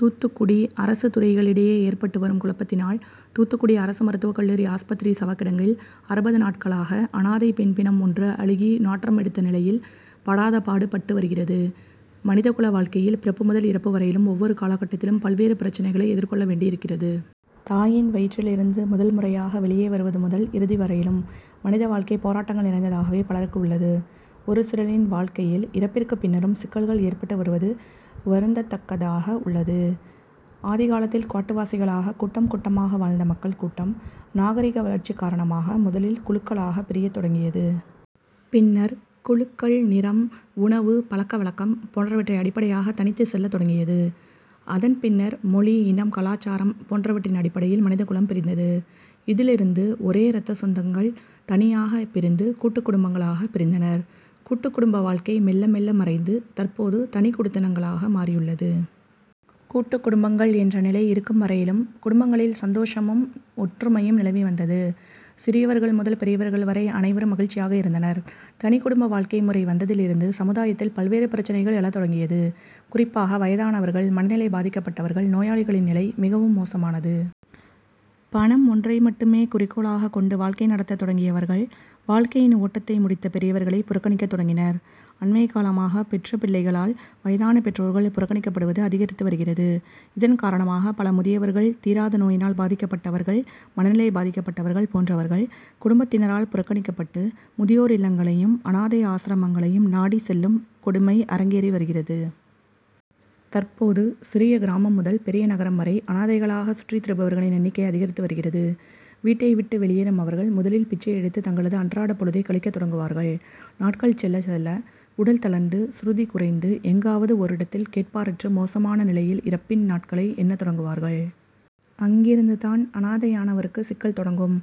தூத்துக்குடி அரசு துறைகளிடையே ஏற்பட்டு வரும் குழப்பத்தினால் தூத்துக்குடி அரசு மருத்துவ கல்லூரி ஆஸ்பத்திரி சவகிடங்கில் அறுபது நாட்களாக அனாதை பெண் பிணம் ஒன்று அழுகி நாற்றம் எடுத்த நிலையில் படாதபாடு பட்டு வருகிறது. மனிதகுல வாழ்க்கையில் பிறப்பு முதல் இறப்பு வரையிலும் ஒவ்வொரு காலகட்டத்திலும் பல்வேறு பிரச்னைகளை எதிர்கொள்ள வேண்டி இருக்கிறது. தாயின் வயிற்றில் இருந்து முதல்முறையாக வெளியே வருவது முதல் இறுதிவரையிலும் மனித வாழ்க்கை போராட்டங்கள் நிறைந்ததாகவே பலருக்கு உள்ளது. ஒரு சிலரின் வாழ்க்கையில் இறப்பிற்கு பின்னரும் சிக்கல்கள் ஏற்பட்டு வருவது வருந்ததக்கதாக உள்ளது. ஆதிகாலத்தில் காட்டுவாசிகளாக கூட்டம் கூட்டமாக வாழ்ந்த மக்கள் கூட்டம் நாகரிக வளர்ச்சி காரணமாக முதலில் குழுக்களாக பிரியத் தொடங்கியது. பின்னர் குழுக்கள் நிறம், உணவு, பழக்க வழக்கம் போன்றவற்றை அடிப்படையாக தனித்து செல்லத் தொடங்கியது. அதன்பின்னர் மொழி, இனம், கலாச்சாரம் போன்றவற்றின் அடிப்படையில் மனிதகுலம் பிரிந்தது. இதிலிருந்து ஒரே ரத்தசொந்தங்கள் தனியாக பிரிந்து கூட்டு குடும்பங்களாக பிரிந்தனர். கூட்டு குடும்ப வாழ்க்கை மெல்ல மெல்ல மறைந்து தற்போது தனி குடித்தனங்களாக மாறியுள்ளது. கூட்டு குடும்பங்கள் என்ற நிலை இருக்கும் வரையிலும் குடும்பங்களில் சந்தோஷமும், ஒற்றுமையும் நிலவி வந்தது. சிறியவர்கள் முதல் பெரியவர்கள் வரை அனைவரும் மகிழ்ச்சியாக இருந்தனர். தனி குடும்ப வாழ்க்கை முறை வந்ததில் இருந்து சமுதாயத்தில் பல்வேறு பிரச்னைகள் எழத்தொடங்கியது. குறிப்பாக வயதானவர்கள், மனநிலை பாதிக்கப்பட்டவர்கள், நோயாளிகளின் நிலை மிகவும் மோசமானது. பணம் ஒன்றை மட்டுமே குறிக்கோளாக கொண்டு வாழ்க்கை நடத்த தொடங்கியவர்கள், வாழ்க்கையின் ஓட்டத்தை முடித்த பெரியவர்களை புறக்கணிக்க தொடங்கினர். அண்மை காலமாக பெற்ற பிள்ளைகளால் வயதான பெற்றோர்கள் புறக்கணிக்கப்படுவது அதிகரித்து வருகிறது. இதன் காரணமாக பல முதியவர்கள், தீராத நோயினால் பாதிக்கப்பட்டவர்கள், மனநிலை பாதிக்கப்பட்டவர்கள் போன்றவர்கள் குடும்பத்தினரால் புறக்கணிக்கப்பட்டு முதியோர் இல்லங்களையும், அனாதை ஆசிரமங்களையும் நாடி செல்லும் கொடுமை அரங்கேறி வருகிறது. தற்போது சிறிய கிராமம் முதல் பெரிய நகரம் வரை அனாதைகளாக சுற்றி திரிபவர்களின் எண்ணிக்கை அதிகரித்து வருகிறது. வீட்டை விட்டு வெளியேறும் அவர்கள் முதலில் பிச்சை எடுத்து தங்களது அன்றாட பொழுதை கழிக்க தொடங்குவார்கள். நாட்கள் செல்ல செல்ல உடல் தளர்ந்து, சுருதி குறைந்து எங்காவது ஓரிடத்தில் கேட்பாரற்று மோசமான நிலையில் இறப்பின் நாட்களை எண்ண தொடங்குவார்கள். அங்கிருந்து தான் அனாதையானவருக்கு சிக்கல் தொடங்கும்.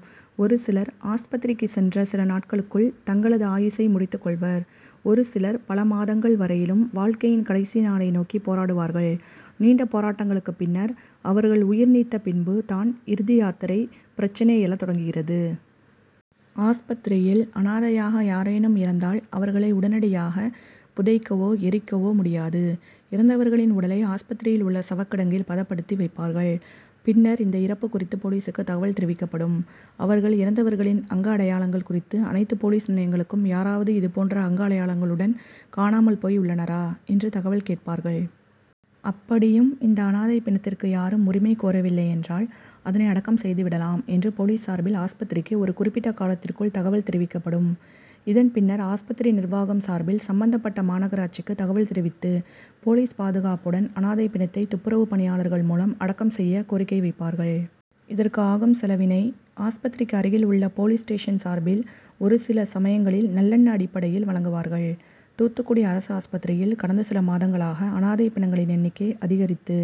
ஒருசிலர் ஆஸ்பத்திரிக்கு சென்ற சில நாட்களுக்குள் தங்களது ஆயுசை முடித்து கொள்வர். ஒரு சிலர் பல மாதங்கள் வரையிலும் வாழ்க்கையின் கடைசி நாளை நோக்கி போராடுவார்கள். நீண்ட போராட்டங்களுக்கு பின்னர் அவர்கள் உயிர் நீத்த பின்பு தான் இறுதியாத்திரை பிரச்னை எழத் தொடங்குகிறது. ஆஸ்பத்திரியில் அனாதையாக யாரேனும் இறந்தால் அவர்களை உடனடியாக புதைக்கவோ, எரிக்கவோ முடியாது. இறந்தவர்களின் உடலை ஆஸ்பத்திரியில் உள்ள சவக்கிடங்கில் பதப்படுத்தி வைப்பார்கள். பின்னர் இந்த இறப்பு குறித்து போலீசுக்கு தகவல் தெரிவிக்கப்படும். அவர்கள் இறந்தவர்களின் அங்க அடையாளங்கள் குறித்து அனைத்து போலீஸ் நிலையங்களுக்கும் யாராவது இதுபோன்ற அங்க அடையாளங்களுடன் காணாமல் போய் உள்ளனரா என்று தகவல் கேட்பார்கள். அப்படியும் இந்த அனாதை பிணத்திற்கு யாரும் உரிமை கோரவில்லை என்றால் அதனை அடக்கம் செய்துவிடலாம் என்று போலீஸ் சார்பில் ஆஸ்பத்திரிக்கு ஒரு குறிப்பிட்ட காலத்திற்குள் தகவல் தெரிவிக்கப்படும். இதன் பின்னர் ஆஸ்பத்திரி நிர்வாகம் சார்பில் சம்பந்தப்பட்ட மாநகராட்சிக்கு தகவல் தெரிவித்து போலீஸ் பாதுகாப்புடன் அனாதை பிணத்தை துப்புரவு பணியாளர்கள் மூலம் அடக்கம் செய்ய கோரிக்கை வைப்பார்கள். இதற்கு ஆகும் செலவினை ஆஸ்பத்திரிக்கு அருகில் உள்ள போலீஸ் ஸ்டேசன் சார்பில் ஒருசில சமயங்களில் நல்லெண்ண அடிப்படையில் வழங்குவார்கள். தூத்துக்குடி அரசு ஆஸ்பத்திரியில் கடந்த சில மாதங்களாக அனாதை பிணங்களின் எண்ணிக்கை அதிகரித்து